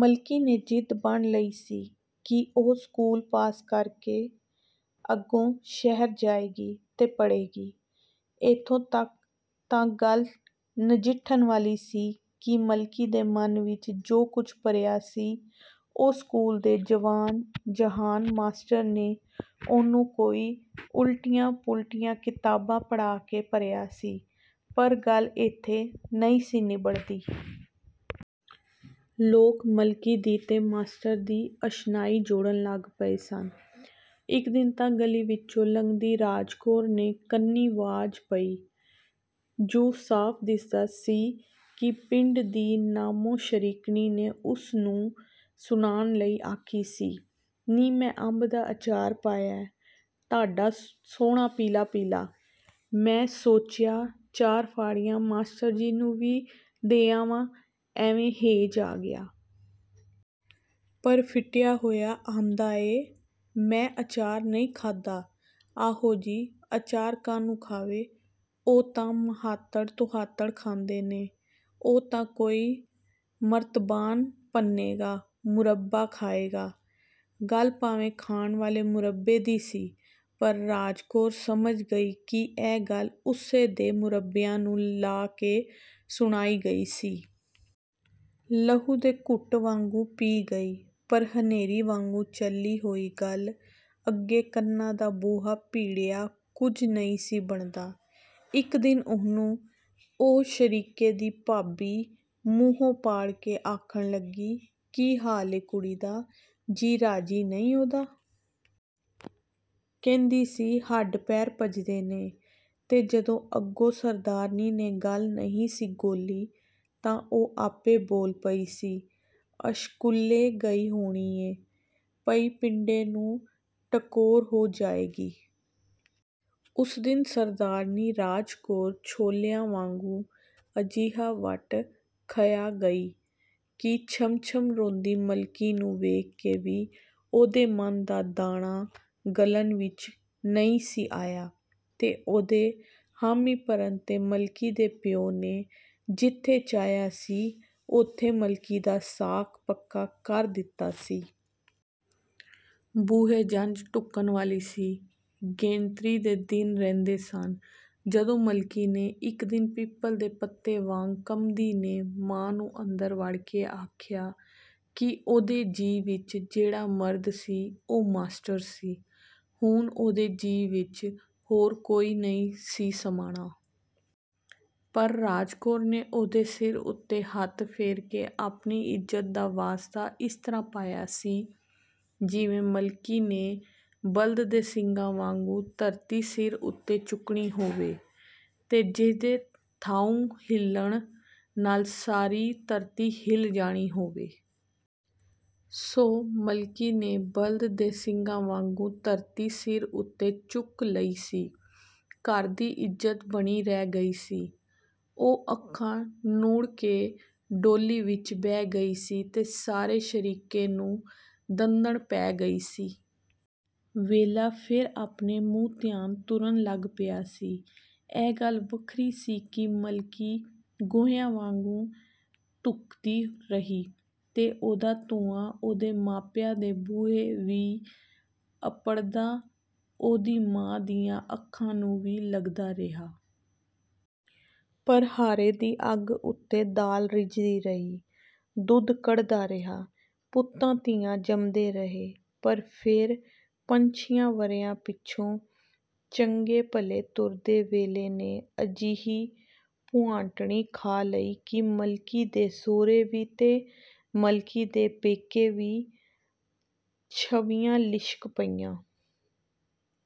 ਮਲਕੀ ਨੇ ਜ਼ਿਦ ਬੰਨ੍ਹ ਲਈ ਸੀ ਕਿ ਉਹ ਸਕੂਲ ਪਾਸ ਕਰ ਕੇ ਅੱਗੋਂ ਸ਼ਹਿਰ ਜਾਏਗੀ, ਤੇ ਪੜ੍ਹੇਗੀ। ਏਥੋਂ ਤਕ ਤਾਂ ਗੱਲ ਨਜਿੱਠਣ ਵਾਲੀ ਸੀ ਕਿ ਮਲਕੀ ਦੇ ਮਨ ਵਿਚ ਜੋ ਕੁਝ ਭਰਿਆ ਸੀ, ਉਹ ਸਕੂਲ ਦੇ ਜਵਾਨ ਜਹਾਨ ਮਾਸਟਰ ਨੇ ਉਹਨੂੰ ਕੋਈ ਉਲਟੀਆਂ ਪੁਲਟੀਆਂ ਕਿਤਾਬਾਂ ਪੜ੍ਹਾ ਕੇ ਭਰਿਆ ਸੀ, ਪਰ ਗੱਲ ਏਥੇ ਨਹੀਂ ਸੀ ਨਿੱਬੜਦੀ। ਲੋਕ ਮਲਕੀ ਦੀ ਤੇ ਮਾਸਟਰ ਦੀ ਅਸ਼ਨਾਈ ਜੋੜਨ ਲੱਗ ਪਏ ਸਨ। ਇਕ ਦਿਨ ਤਾਂ ਗਲੀ ਵਿਚੋਂ ਲੰਘਦੀ ਰਾਜ ਕੌਰ ਨੇ ਕੰਨੀਂ ਵਾਜ ਪਈ, ਜੁ ਸਾਫ਼ ਦਿਸਦਾ ਸੀ ਕਿ ਪਿੰਡ ਦੀ ਨ੍ਹਾਮੋ ਸ਼ਰੀਕਣੀ ਨੇ ਉਸ ਨੂੰ ਸੁਨਾਣ ਲਈ ਆਖੀ ਸੀ "ਨੀ ਮੈਂ ਅੰਬ ਦਾ ਅਚਾਰ ਪਾਇਆ, ਡਾਢਾ ਸੋਹਣਾ ਪੀਲਾ ਪੀਲਾ, ਮੈਂ ਸੋਚਿਆ ਚਾਰ ਫਾੜੀਆਂ ਮਾਸਟਰ ਜੀ ਨੂੰ ਵੀ ਦੇ ਆਵਾਂ, ਐਵੇਂ ਹੇਜ ਆ ਗਿਆ। ਪਰ ਫਿਟਿਆ ਹੋਇਆ ਆਂਹਦਾ ਏ – ਮੈਂ ਅਚਾਰ ਨਹੀਂ ਖਾਦਾ। ਆਹੋ ਜੀ! ਅਚਾਰ ਕਾਹਨੂੰ ਖਾਵੇ, ਉਹ ਤਾਂ ਮ੍ਹਾਦੜ ਤੁਮ੍ਹਾਤੜ ਖਾਂਦੇ ਨੇ, ਉਹ ਤਾਂ ਕੋਈ ਮਰਤਬਾਨ ਭੰਨੇਗਾ, ਮੁਰੱਬਾ ਖਾਏਗਾ… " ਗੱਲ ਭਾਵੇਂ ਖਾਣ ਵਾਲੇ ਮੁਰੱਬੇ ਦੀ ਸੀ, ਪਰ ਰਾਜ ਕੌਰ ਸਮਝ ਗਈ ਕਿ ਇਹ ਗੱਲ ਉਸੇ ਦੇ ਮੁਰੱਬਿਆਂ ਨੂੰ ਲਾ ਕੇ ਸੁਣਾਈ ਗਈ ਸੀ। ਲਹੂ ਦੇ ਘੁੱਟ ਵਾਂਗੂੰ ਪੀ ਗਈ। ਪਰ ਹਨੇਰੀ ਵਾਂਗੂੰ ਚੱਲੀ ਹੋਈ ਗੱਲ ਅੱਗੇ ਕੰਨਾਂ ਦਾ ਬੂਹਾ ਭੀੜਿਆਂ ਕੁਝ ਨਹੀਂ ਸੀ ਬਣਦਾ। ਇਕ ਦਿਨ ਉਹਨੂੰ ਉਹ ਸ਼ਰੀਕੇ ਦੀ ਭਾਬੀ ਮੂੰਹ ਪਾੜ ਕੇ ਆਖਣ ਲੱਗੀ – "ਕੀ ਹਾਲ ਏ ਕੁੜੀ ਦਾ, ਜੀ ਰਾਜੀ ਨਹੀਂ ਉਹਦਾ? ਕਹਿੰਦੀ ਸੀ ਹੱਡ ਪੈਰ ਭੱਜਦੇ ਨੇ… " ਤੇ ਜਦੋਂ ਅੱਗੋਂ ਸਰਦਾਰਨੀ ਨੇ ਗੱਲ ਨਹੀਂ ਸੀ ਗੌਲੀ ਤਾਂ ਉਹ ਆਪੇ ਬੋਲ ਪਈ ਸੀ "ਅਸ਼ਕੂਲੇ ਗਈ ਹੋਣੀ ਏਂ – ਪਈ ਪਿੰਡੇ ਨੂੰ ਟਕੋਰ ਹੋ ਜਾਏਗੀ…? " ਉਸ ਦਿਨ ਸਰਦਾਰਨੀ ਰਾਜ ਕੌਰ ਛੋਲਿਆਂ ਵਾਂਗੂੰ ਅਜਿਹਾ ਵੱਟ ਖਆ ਗਈ ਕਿ ਛਮ ਛਮ ਰੋਂਦੀ ਮਲਕੀ ਨੂੰ ਵੇਖ ਕੇ ਵੀ ਉਹਦੇ ਮਨ ਦਾ ਦਾਣਾ ਗਲਣ ਵਿਚ ਨਹੀਂ ਸੀ ਆਇਆ। ਤੇ ਉਹਦੇ ਹਾਮੀ ਭਰਨ ਤੇ ਮਲਕੀ ਦੇ ਪਿਉ ਨੇ ਜਿਥੇ ਚਾਹਿਆ ਸੀ, ਉਥੇ ਮਲਕੀ ਦਾ ਸਾਕ ਪੱਕਾ ਕਰ ਦਿੱਤਾ ਸੀ। ਬੂਹੇ ਜੰਝ ਢੁੱਕਣ ਵਾਲੀ ਸੀ, ਗੇਣਤਰੀ ਦੇ ਦਿਨ ਰਹਿੰਦੇ ਸਨ, ਜਦੋਂ ਮਲਕੀ ਨੇ, ਇਕ ਦਿਨ ਪਿੱਪਲ ਦੇ ਪੱਤੇ ਵਾਂਗ ਕੰਬਦੀ ਨੇ, ਮਾਂ ਨੂੰ ਅੰਦਰ ਵੜ ਕੇ ਆਖਿਆ ਕਿ ਉਹਦੇ ਜੀਅ ਵਿਚ ਜਿਹੜਾ ਮਰਦ ਸੀ, ਉਹ ਮਾਸਟਰ ਸੀ, ਹੁਣ ਉਹਦੇ ਜੀਅ ਵਿਚ ਹੋਰ ਕੋਈ ਨਹੀਂ ਸੀ ਸਮਾਣਾ। ਪਰ ਰਾਜ ਕੌਰ ਨੇ ਉਹਦੇ ਸਿਰ ਉਤੇ ਹੱਥ ਫੇਰ ਕੇ ਆਪਣੀ ਇੱਜ਼ਤ ਦਾ ਵਾਸਤਾ ਇਸ ਤਰ੍ਹਾਂ ਪਾਇਆ ਸੀ – ਜਿਵੇਂ ਮਲਕੀ ਨੇ ਬਲਦ ਦੇ ਸਿੰਗਾਂ ਵਾਂਗੂੰ ਧਰਤੀ ਸਿਰ ਉਤੇ ਚੁੱਕਣੀ ਹੋਵੇ, ਤੇ ਜਿਹਦੇ ਥਾਉਂ ਹਿੱਲਣ ਨਾਲ ਸਾਰੀ ਧਰਤੀ ਹਿੱਲ ਜਾਣੀ ਹੋਵੇ। ਸੋ ਮਲਕੀ ਨੇ ਬਲਦ ਦੇ ਸਿੰਗਾਂ ਵਾਂਗੂੰ ਧਰਤੀ ਸਿਰ ਉਤੇ ਚੁੱਕ ਲਈ ਸੀ। ਘਰ ਦੀ ਇੱਜ਼ਤ ਬਣੀ ਰਹਿ ਗਈ ਸੀ। ਉਹ ਅੱਖਾਂ ਨੂੜ ਕੇ ਡੋਲੀ ਵਿਚ ਬਹਿ ਗਈ ਸੀ ਤੇ ਸਾਰੇ ਸ਼ਰੀਕੇ ਨੂੰ ਦੰਦਣ ਪੈ ਗਈ ਸੀ। ਵੇਲਾ ਫੇਰ ਆਪਣੇ ਮੂੰਹ ਧਿਆਨ ਤੁਰਨ ਲੱਗ ਪਿਆ ਸੀ। ਇਹ ਗੱਲ ਵੱਖਰੀ ਸੀ ਕਿ ਮਲਕੀ ਗੋਹਿਆਂ ਵਾਂਗ ਧੁਖਦੀ ਰਹੀ, ਤੇ ਉਹਦਾ ਧੂੰਆਂ ਉਹਦੇ ਮਾਪਿਆਂ ਦੇ ਬੂਹੇ ਵੀ ਅੱਪੜਦਾ ਉਹਦੀ ਮਾਂ ਦੀਆਂ ਅੱਖਾਂ ਨੂੰ ਵੀ ਲਗਦਾ ਰਿਹਾ। ਪਰ ਹਾਰੇ ਦੀ ਅੱਗ ਉੱਤੇ ਦਾਲ ਰਿਝਦੀ ਰਹੀ, ਦੁਧ ਕੜ੍ਹਦਾ ਰਿਹਾ, ਪੁੱਤਰ ਧੀਆਂ ਜੰਮਦੇ ਰਹੇ.. ਪਰ ਫੇਰ ਪੰਝੀਆਂ ਵਰ੍ਹਿਆਂ ਪਿਛੋਂ ਚੰਗੇ ਭਲੇ ਤੁਰਦੇ ਵੇਲੇ ਨੇ ਅਜਿਹੀ ਭੁਆਟਣੀ ਖਾ ਲਈ ਕਿ ਮਲਕੀ ਦੇ ਸਹੁਰੇ ਵੀ ਤੇ ਮਲਕੀ ਦੇ ਪੇਕੇ ਵੀ ਛਵ੍ਹੀਆਂ ਲਿਸ਼ਕ ਪਈਆਂ।